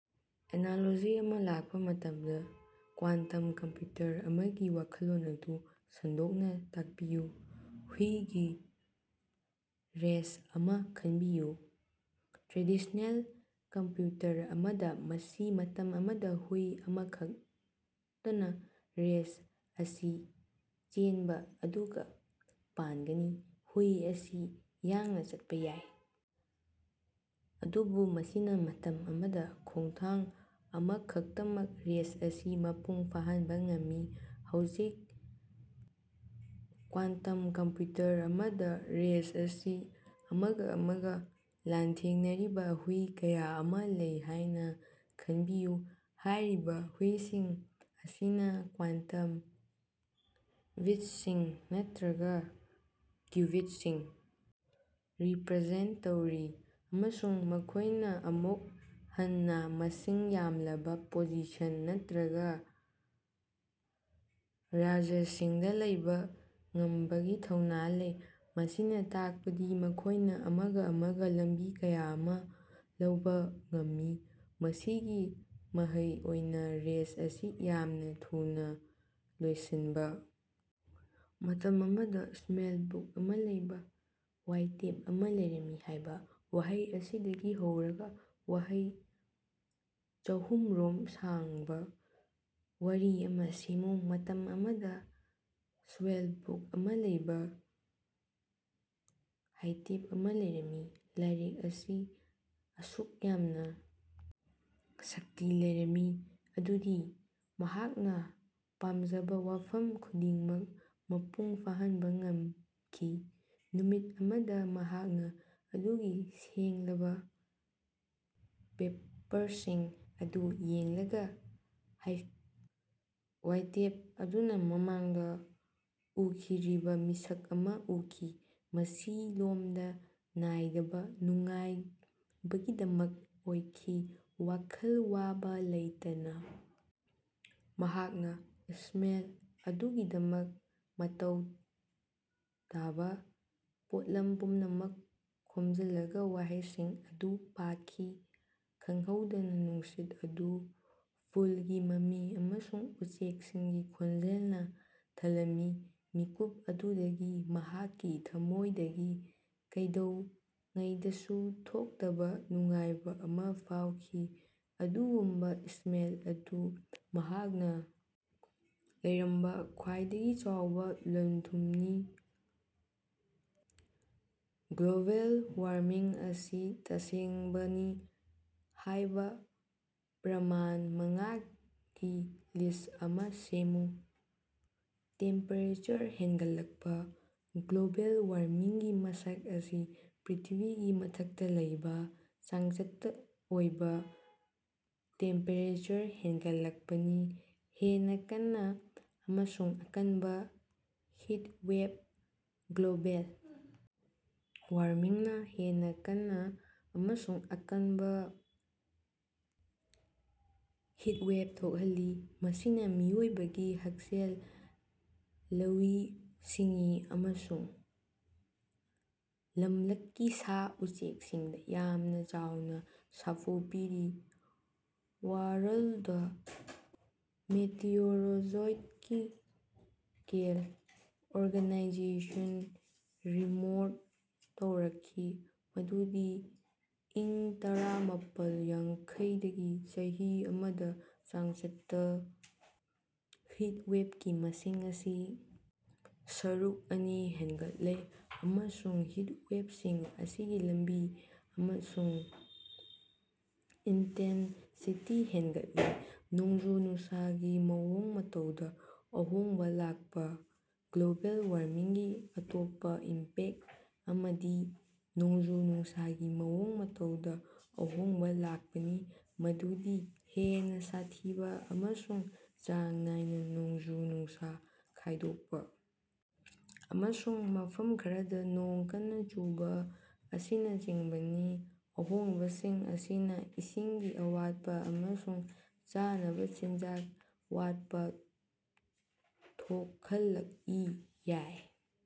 Analogy ꯑꯃ ꯂꯥꯛꯄ ꯃꯇꯝꯗ, ꯀ꯭ꯌꯥꯟꯇꯝ ꯀꯝꯄꯌꯨꯇꯔ ꯑꯃꯒꯤ ꯋꯥꯈꯜꯂꯣꯟ ꯑꯗꯨ ꯁꯟꯗꯣꯛꯅ ꯇꯥꯛꯄꯤꯌꯨ꯫ ꯍꯨꯏꯒꯤ ꯔꯦꯁ ꯑꯃ ꯈꯟꯕꯤꯌꯨ꯫ ꯇ꯭ꯔꯦꯗꯤꯁ꯭ꯅꯦꯜ ꯀꯝꯄꯌꯨꯇꯔ ꯑꯃꯗ, ꯃꯁꯤ ꯃꯇꯝ ꯑꯃꯗ ꯍꯨꯏ ꯑꯃꯈꯛꯇꯅ ꯔꯦꯁ ꯑꯁꯤ ꯆꯦꯟꯕ ꯑꯗꯨꯒ ꯃꯥꯟꯒꯅꯤ꯫ ꯍꯨꯏ ꯑꯁꯤ ꯌꯥꯡꯅ ꯆꯠꯄ ꯌꯥꯏ, ꯑꯗꯨꯕꯨ ꯃꯁꯤꯅ ꯃꯇꯝ ꯑꯃꯗ ꯈꯣꯡꯊꯥꯡ ꯑꯃꯈꯛꯇꯃꯛ ꯔꯦꯁ ꯑꯁꯤ ꯃꯄꯨꯡ ꯐꯥꯍꯟꯕ ꯉꯝꯃꯤ꯫ ꯍꯧꯖꯤꯛ, ꯀ꯭ꯌꯥꯟꯇꯝ ꯀꯝꯄꯌꯨꯇꯔ ꯑꯃꯗ ꯔꯦꯁ ꯑꯁꯤ ꯑꯃꯒ ꯑꯃꯒ ꯂꯥꯟꯊꯦꯡꯅꯔꯤꯕ ꯍꯨꯏ ꯀꯌꯥ ꯑꯃ ꯂꯩ ꯍꯥꯏꯅ ꯈꯟꯕꯤꯌꯨ꯫ ꯍꯥꯏꯔꯤꯕ ꯍꯨꯏꯁꯤꯡ ꯑꯁꯤꯅ ꯀ꯭ꯌꯥꯟꯇꯝ ꯕꯤꯠꯁꯤꯡ ꯅꯠꯇ꯭ꯔꯒꯥ ꯀ꯭ꯌꯨꯕꯤꯠꯁꯤꯡ ꯔꯤꯄꯔꯖꯦꯟꯇ ꯇꯧꯔꯤ, ꯑꯃꯁꯨꯡ ꯃꯈꯣꯏꯅ ꯑꯃꯨꯛ ꯍꯟꯅ ꯃꯁꯤꯡ ꯌꯥꯝꯂꯕ ꯄꯣꯖꯤꯁꯟ ꯅꯠꯇ꯭ꯔꯒꯥ ꯔꯥꯖ꯭ꯌꯁꯤꯡꯗ ꯂꯩꯕꯥ ꯉꯝꯕꯒꯤ ꯊꯧꯅ ꯂꯩ, ꯃꯁꯤꯅ ꯇꯥꯛꯄꯗꯤ ꯃꯈꯣꯏꯅ ꯑꯃꯒ ꯑꯃꯒ ꯂꯝꯕꯤ ꯀꯌꯥ ꯑꯃ ꯂꯧꯕ ꯉꯝꯃꯤ꯫ ꯃꯁꯤꯒꯤ ꯃꯍꯩ ꯑꯣꯏꯅ ꯔꯦꯁ ꯑꯁꯤ ꯌꯥꯝꯅ ꯊꯨꯅ ꯂꯣꯏꯁꯤꯟꯕ "ꯃꯇꯝ ꯑꯃꯗ, ꯏꯁ꯭ꯄꯦꯜ ꯕꯨꯛ ꯑꯃ ꯂꯩꯕ ꯋꯥꯏꯇꯦꯞ ꯑꯃ ꯂꯩꯔꯝꯃꯤ" ꯍꯥꯏꯕ ꯋꯥꯍꯩ ꯑꯁꯤꯗꯒꯤ ꯍꯧꯔꯒ ꯋꯥꯍꯩ ꯆꯥꯍꯨꯝ ꯔꯣꯝ ꯁꯥꯡꯕ ꯋꯥꯔꯤ ꯑꯃ ꯁꯦꯝꯃꯨ꯫ ꯃꯇꯝ ꯑꯃꯗ ꯁ꯭ꯄꯦꯜ ꯕꯨꯛ ꯑꯃ ꯂꯩꯕ ꯋꯥꯏꯇꯦꯞ ꯑꯃ ꯂꯩꯔꯝꯃꯤ꯫ ꯂꯥꯏꯔꯤꯛ ꯑꯁꯤ ꯑꯁꯨꯛ ꯌꯥꯝꯅ ꯁꯛꯇꯤ ꯂꯩꯔꯝꯏ ꯃꯗꯨꯗꯤ ꯃꯍꯥꯛꯅ ꯄꯥꯝꯖꯕ ꯋꯥꯐꯝ ꯈꯨꯗꯤꯡꯃꯛ ꯃꯄꯨꯡ ꯐꯥꯍꯟꯕ ꯉꯝꯈꯤ꯫ ꯅꯨꯃꯤꯠ ꯑꯃꯗ, ꯃꯍꯥꯛꯅ ꯃꯗꯨꯒꯤ ꯁꯦꯡꯂꯕ ꯄꯦꯄ꯭ꯔꯁꯤꯡ ꯑꯗꯨ ꯌꯦꯡꯂꯒꯥ, ꯋꯥꯏꯇꯦꯞ ꯑꯗꯨꯅ ꯃꯃꯥꯡꯗ ꯎꯈꯤꯗ꯭ꯔꯤꯕ ꯃꯤꯁꯛ ꯑꯃ ꯎꯈꯤ; ꯃꯁꯤ ꯂꯣꯝꯕ ꯅꯥꯏꯗꯕ ꯅꯨꯡꯉꯥꯏꯕꯒꯤꯗꯃꯛ ꯑꯣꯏꯈꯤ꯫ ꯋꯥꯈꯜ ꯋꯥꯕ ꯂꯩꯇꯅ ꯃꯍꯥꯛꯅ ꯏꯁ꯭ꯄꯦꯜ ꯑꯗꯨꯒꯤꯗꯃꯛ ꯃꯊꯧ ꯇꯥꯕ ꯄꯣꯠꯂꯝ ꯄꯨꯝꯅꯃꯛ ꯈꯣꯝꯖꯤꯜꯂꯒꯥ ꯋꯥꯍꯩꯁꯤꯡ ꯑꯗꯨ ꯄꯥꯈꯤ꯫ ꯈꯪꯍꯧꯗꯅ ꯅꯨꯡꯁꯤꯠ ꯑꯗꯨ ꯐꯨꯜꯒꯤ ꯃꯃꯤ ꯑꯃꯁꯨꯡ ꯎꯆꯦꯛꯁꯤꯡꯒꯤ ꯈꯣꯟꯖꯦꯜꯅ ꯊꯜꯂꯝꯃꯤ꯫ ꯃꯤꯀꯨꯞ ꯑꯗꯨꯗꯒꯤ ꯃꯍꯥꯛꯀꯤ ꯊꯝꯃꯣꯏꯗꯒꯤ ꯀꯩꯗꯧꯉꯩꯗꯁꯨ ꯊꯣꯛꯇꯕ ꯅꯨꯡꯉꯥꯏꯕ ꯑꯃ ꯐꯥꯎꯈꯤ꯫ ꯑꯗꯨꯒꯨꯝꯕ ꯏꯁ꯭ꯄꯦꯜ ꯑꯗꯨ ꯃꯍꯥꯛꯅ ꯂꯩꯔꯝꯕ ꯈ꯭ꯋꯥꯏꯗꯒꯤ ꯆꯥꯎꯕ ꯂꯟ-ꯊꯨꯝꯅꯤ꯫ ꯒ꯭ꯂꯣꯕꯦꯜ ꯋꯥꯔꯃꯤꯡ ꯑꯁꯤ ꯇꯁꯦꯡꯕꯅꯤ ꯍꯥꯏꯕ ꯄ꯭ꯔꯃꯥꯟ ꯃꯉꯥꯒꯤ ꯂꯤꯁ ꯑꯃ ꯁꯦꯝꯃꯨ꯫ ꯇꯦꯝꯄꯦꯔꯦꯆꯔ ꯍꯦꯟꯒꯠꯂꯛꯄ: ꯒ꯭ꯂꯣꯕꯦꯜ ꯋꯥꯔꯃꯤꯡꯒꯤ ꯃꯁꯛ ꯑꯁꯤ ꯄ꯭ꯔꯤꯊꯤꯕꯤꯒꯤ ꯃꯊꯛꯇ ꯂꯩꯕ ꯆꯥꯡꯆꯠꯇ ꯑꯣꯏꯕ ꯇꯦꯝꯄꯦꯔꯦꯆꯔ ꯍꯦꯟꯒꯠꯂꯛꯄꯅꯤ꯫ ꯍꯦꯟꯅ ꯀꯟꯅ ꯑꯃꯁꯨꯡ ꯑꯀꯟꯕ ꯍꯤꯇꯋꯦꯕ: ꯒ꯭ꯂꯣꯕꯦꯜ ꯋꯥꯔꯃꯤꯡꯅ ꯍꯦꯟꯅ ꯀꯟꯅ ꯑꯃꯁꯨꯡ ꯑꯀꯟꯕ ꯍꯤꯇꯋꯦꯕ ꯊꯣꯛꯍꯜꯂꯤ, ꯃꯁꯤꯅ ꯃꯤꯑꯣꯏꯕꯒꯤ ꯍꯛꯁꯦꯜ, ꯂꯧꯎ-ꯁꯤꯡꯎ ꯑꯃꯁꯨꯡ ꯂꯝꯂꯛꯀꯤ ꯁꯥ-ꯎꯆꯦꯀꯁꯤꯡꯗ ꯌꯥꯝꯅ ꯆꯥꯎꯅ ꯁꯥꯐꯨ ꯄꯤꯔꯤ꯫ ꯋꯥꯔꯜꯗ ꯃꯦꯇꯤꯑꯣꯔꯣꯂꯣꯖꯤꯀꯦꯜ ꯑꯣꯔꯒꯅꯥꯏꯖꯦꯁꯟꯅ ꯔꯤꯄꯣꯔꯠ ꯇꯧꯔꯛꯈꯤ ꯃꯗꯨꯗꯤ ꯏꯪ ꯇꯔꯥꯃꯄꯥꯜ ꯌꯥꯡꯈꯩꯗꯒꯤ ꯆꯍꯤ ꯑꯃꯗ ꯆꯥꯡꯆꯠꯇ ꯍꯤꯇꯋꯦꯕꯀꯤ ꯃꯁꯤꯡ ꯑꯁꯤ ꯁꯔꯨꯛ ꯑꯅꯤ ꯍꯦꯟꯒꯠꯂꯦ, ꯑꯃꯁꯨꯡ ꯍꯤꯇꯋꯦꯕꯁꯤꯡ ꯑꯁꯤꯒꯤ ꯂꯝꯕꯤ ꯑꯃꯁꯨꯡ ꯏꯟꯇꯦꯟꯁꯤꯇꯤꯁꯨ ꯍꯦꯟꯒꯠꯂꯦ꯫ ꯅꯣꯡꯖꯨ-ꯅꯨꯡꯁꯥꯒꯤ ꯃꯑꯣꯡ ꯃꯇꯧꯗ ꯑꯍꯣꯡꯕ ꯂꯥꯛꯄ: ꯒ꯭ꯂꯣꯕꯦꯜ ꯋꯥꯔꯃꯤꯡꯒꯤ ꯑꯇꯣꯞꯄ ꯏꯝꯄꯦꯛꯇ ꯑꯃꯗꯤ ꯅꯣꯡꯖꯨ-ꯅꯨꯡꯁꯥꯒꯤ ꯃꯑꯣꯡ ꯃꯇꯧꯗ ꯑꯍꯣꯡꯕ ꯂꯥꯛꯄꯅꯤ, ꯃꯗꯨꯗꯤ ꯍꯦꯟꯅ ꯁꯥꯊꯤꯕ ꯑꯃꯁꯨꯡ ꯆꯥꯡ ꯅꯥꯏꯅ ꯅꯣꯡꯖꯨ-ꯅꯨꯡꯁꯥ ꯈꯥꯏꯗꯣꯛꯄ ꯑꯃꯁꯨꯡ ꯃꯐꯝ ꯈꯔꯗ ꯅꯣꯡ ꯀꯟꯅ ꯆꯨꯕ ꯑꯁꯤꯅꯆꯤꯡꯕꯅꯤ꯫ ꯑꯍꯣꯡꯕꯁꯤꯡ ꯑꯁꯤꯅ ꯏꯁꯤꯡꯒꯤ ꯑꯋꯥꯠꯄ ꯑꯃꯁꯨꯡ ꯆꯥꯅꯕ ꯆꯤꯟꯖꯥꯛ ꯋꯥꯠꯄ ꯊꯣꯛꯍꯜꯂꯛꯄ ꯌꯥꯏ꯫